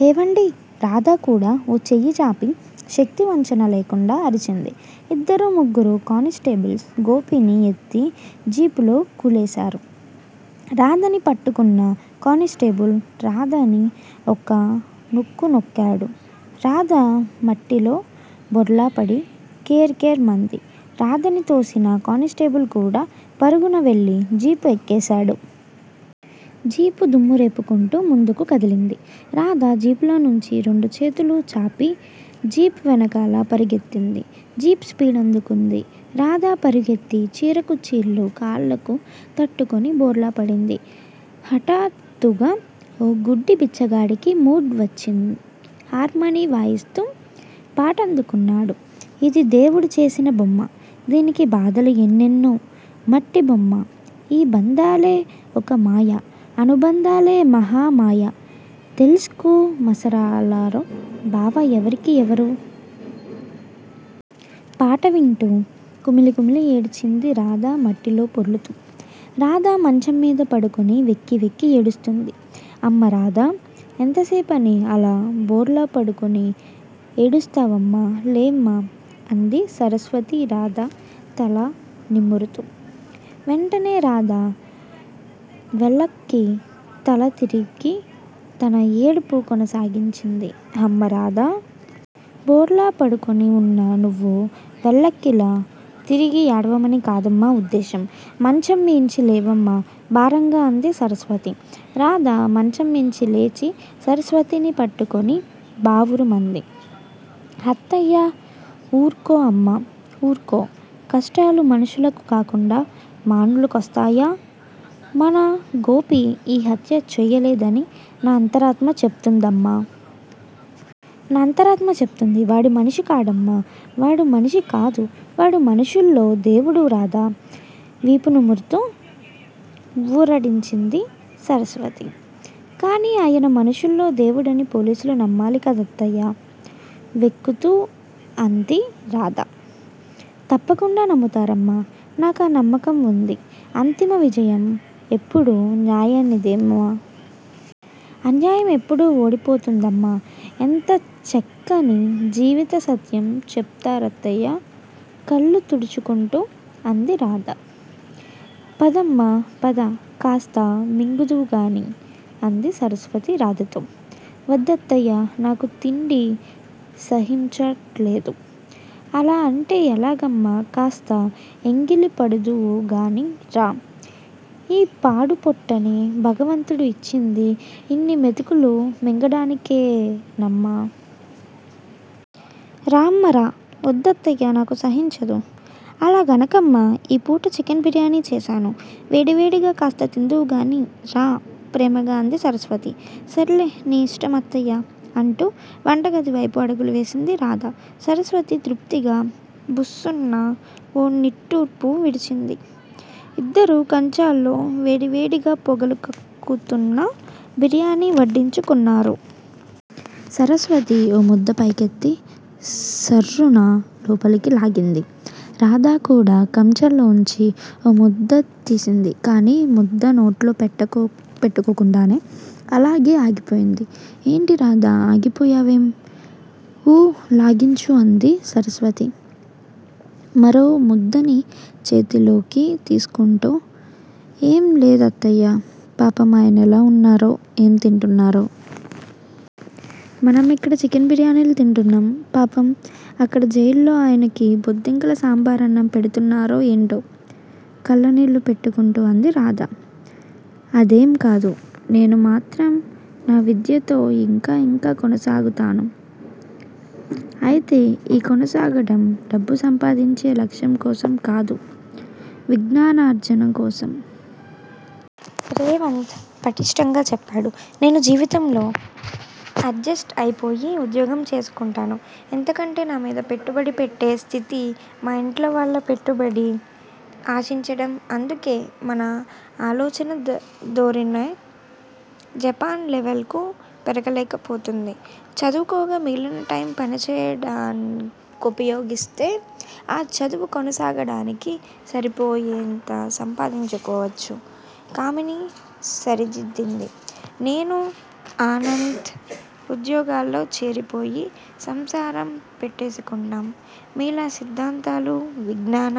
హేవండీ రాధకూడా ఓ చెయ్యిచాపి శక్తివంచన లేకుండా అరిచింది. ఇద్దరు ముగ్గురు కానిస్టేబుల్స్ గోపిని ఎత్తి జీపులో కూలేశారు. రాధని పట్టుకున్న కానిస్టేబులు రాధని ఒక్క నొక్కునొక్కాడు. రాధమట్టిలో బోర్లాపడి కేర్ కేర్ మంది. రాధని తోసిన కానిస్టేబుల్ కూడా పరుగున వెళ్ళి జీపు ఎక్కేశాడు. జీపు దుమ్మురేపుకుంటూ ముందుకు కదిలింది. రాధా జీపులోనుంచి రెండు చేతులూ చాపి జీపు వెనకాల పరిగెత్తింది. జీపు స్పీడందుకుంది. రాధ పరుగెత్తి చీరకుచ్చిళ్ళు కాళ్ళకు తట్టుకుని బోర్లా పడింది. హఠాత్తుగా ఓ గుడ్డి బిచ్చగాడికి మూడ్ వచ్చి హార్మానీ వాయిస్తూ పాటందుకున్నాడు. ఇది దేవుడు చేసిన బొమ్మా దీనికి బాధలు ఎన్నెన్నో మట్టిబొమ్మా ఈ బంధాలే ఒక మాయా అనుబంధాలే మహా మాయా తెలుసుకు మసరలరో బావా ఎవరికీ ఎవరూ??? పాట వింటూ కుమిలి కుమిలి ఏడ్చింది రాధ మట్టిలో పొర్లుతూ. రాధ మంచంమీద పడుకుని వెక్కివెక్కి ఏడుస్తూంది. అమ్మా రాధా. ఎంతసేపని అలా బోర్లాపడుకుని ఏడుస్తావమ్మా, లేమ్మా. అంది సరస్వతి రాధ తల నిముర్తూ. వెంటనే రాధ వెల్లకితలా తిరిగి తన ఏడుపు కొనసాగించింది. హమ్మా రాధా! బోర్లాపడుకుని ఉన్న నువ్వు వెల్లకిలా తిరిగి ఏడవమని కాదమ్మా ఉద్దేశం. మంచంమీంచి లేవమ్మా. భారంగా అంది సరస్వతి. రాధ మంచంమీంచి లేచి సరస్వతిని పట్టుకుని బావురుమంది. హత్తయ్యా ఊర్కో అమ్మా. ఊర్కో. కష్టాలు మనుషులకు కాకుండా మానులకొస్తాయా. మన గోపి ఈ హత్య చెయ్యలేదని నా అంతరాత్మ చెప్తుందమ్మా. నా అంతరాత్మ చెప్తుంది. వాడు మనిషి కాడమ్మా! వాడు మనిషి కాదు. వాడు మనుషుల్లో దేవుడు రాధ వీపునిముర్తూ ఊరడించింది సరస్వతి. కానీ ఆయన మనుషుల్లో దేవుడని పోలీసులు నమ్మాలి కదత్తయ్యా? వెక్కుతూ అంది రాధ తప్పకుండా నమ్ముతారమ్మా. నాకా నమ్మకం వుంది. అంతిమవిజయం ఎప్పుడూ న్యాయానిదేమ్మా. అన్యాయం ఎప్పుడూ ఓడిపోతుందమ్మా. ఎంత చక్కని జీవితసత్యం చెప్పారత్తయ్యా. కళ్ళు తుడుచుకుంటూ అంది రాధ. పదమ్మా పద కాస్త మింగుదువుగాని అంది సరస్వతి రాధతో. వద్దత్తయ్యా. నాకు తిండి సహించట్లేదు. అలా అంటే ఎలాగమ్మా. కాస్త ఎంగిలిపడుదువుగానీ రా. ఈ పాడుపొట్టని భగవంతుడు ఇచ్చింది ఇన్ని మెతుకులు మింగడానికే నమ్మా. రామ్మా రా. వద్దత్తయ్యా నాకు సహించదు! అలాగనకమ్మా. ఈపూట చికెన్ బిర్యానీ చేసాను. వేడివేడిగా కాస్త తిందువుగానీ రా ప్రేమగా అంది సరస్వతి. సర్లే. నీ ఇష్టం అత్తయ్యా. అంటూ వంటగదివైపు అడుగులు వేసింది రాధ. సరస్వతి తృప్తిగా బుస్సున ఓ నిట్టూర్పు విడిచింది. ఇద్దరూ కంచాల్లో వేడివేడిగా పొగలు కక్కుతున్న బిర్యానీవడ్డించుకున్నారు. సరస్వతి ఓముద్ద పైకెత్తి సర్రున లోపలికి లాగింది. రాధ కూడా కంచంలోంచి ఓ ముద్దతీసింది. కానీ ముద్ద నోట్లో పెట్టుకోకుండానే అలాగే ఆగిపోయింది. ఏంటి రాధా. ఆగిపోయావేం? ఊ లాగించు అంది సరస్వతి మరో ముద్దని చేతిలోకి తీస్కుంటూ. ఏం లేదత్తయ్యా. పాపం ఆయనెలా ఉన్నారో ఏం తింటున్నారో? మనం ఇక్కడ చికెన్ బిర్యానీలు తింటున్నాం. పాపం! అక్కడ జైల్లో ఆయనకి బొద్దింకల సాంబారన్నం పెడ్తున్నారో ఏంటో! కళ్ళనీళ్ళు పెట్టుకుంటూ అంది రాధ. అదేంకాదు. నేను మాత్రం నా విద్యతో ఇంకా ఇంకా కొనసాగుతాను. అయితే ఈ కొనసాగడం డబ్బు సంపాదించే లక్ష్యం కోసం కాదు- విజ్ఞానార్జన కోసం! రేవంత్ పట్టిష్టంగా చెప్పాడు. నేను జీవితంలో అడ్జెస్ట్ అయిపోయి ఉద్యోగం చేసుకుంటాను. ఇంతకంటే నామీద పెట్టుబడి పెట్టే స్థితి మా ఇంట్లోవాళ్ళ పెట్టుబడి ఆశించడం! అందుకే మన ఆలోచనధోరణి జపాన్ లెవెల్ కు పెరగలేకపోతోంది. చదువుకోగా మిగిలిన టైమ్ పనిచేయడానికుపయోగిస్తే ఆ చదువు కొనసాగడానికి సరిపోయేంత సంపాదించుకోవచ్చు కామిని సరిదిద్దింది. నేనూ, ఆనంద్ ఉద్యోగాల్లో చేరిపోయి సంసారం పెట్టేసుకుంటాం. మీలా సిద్దాంతాలూ, విజ్ఞాన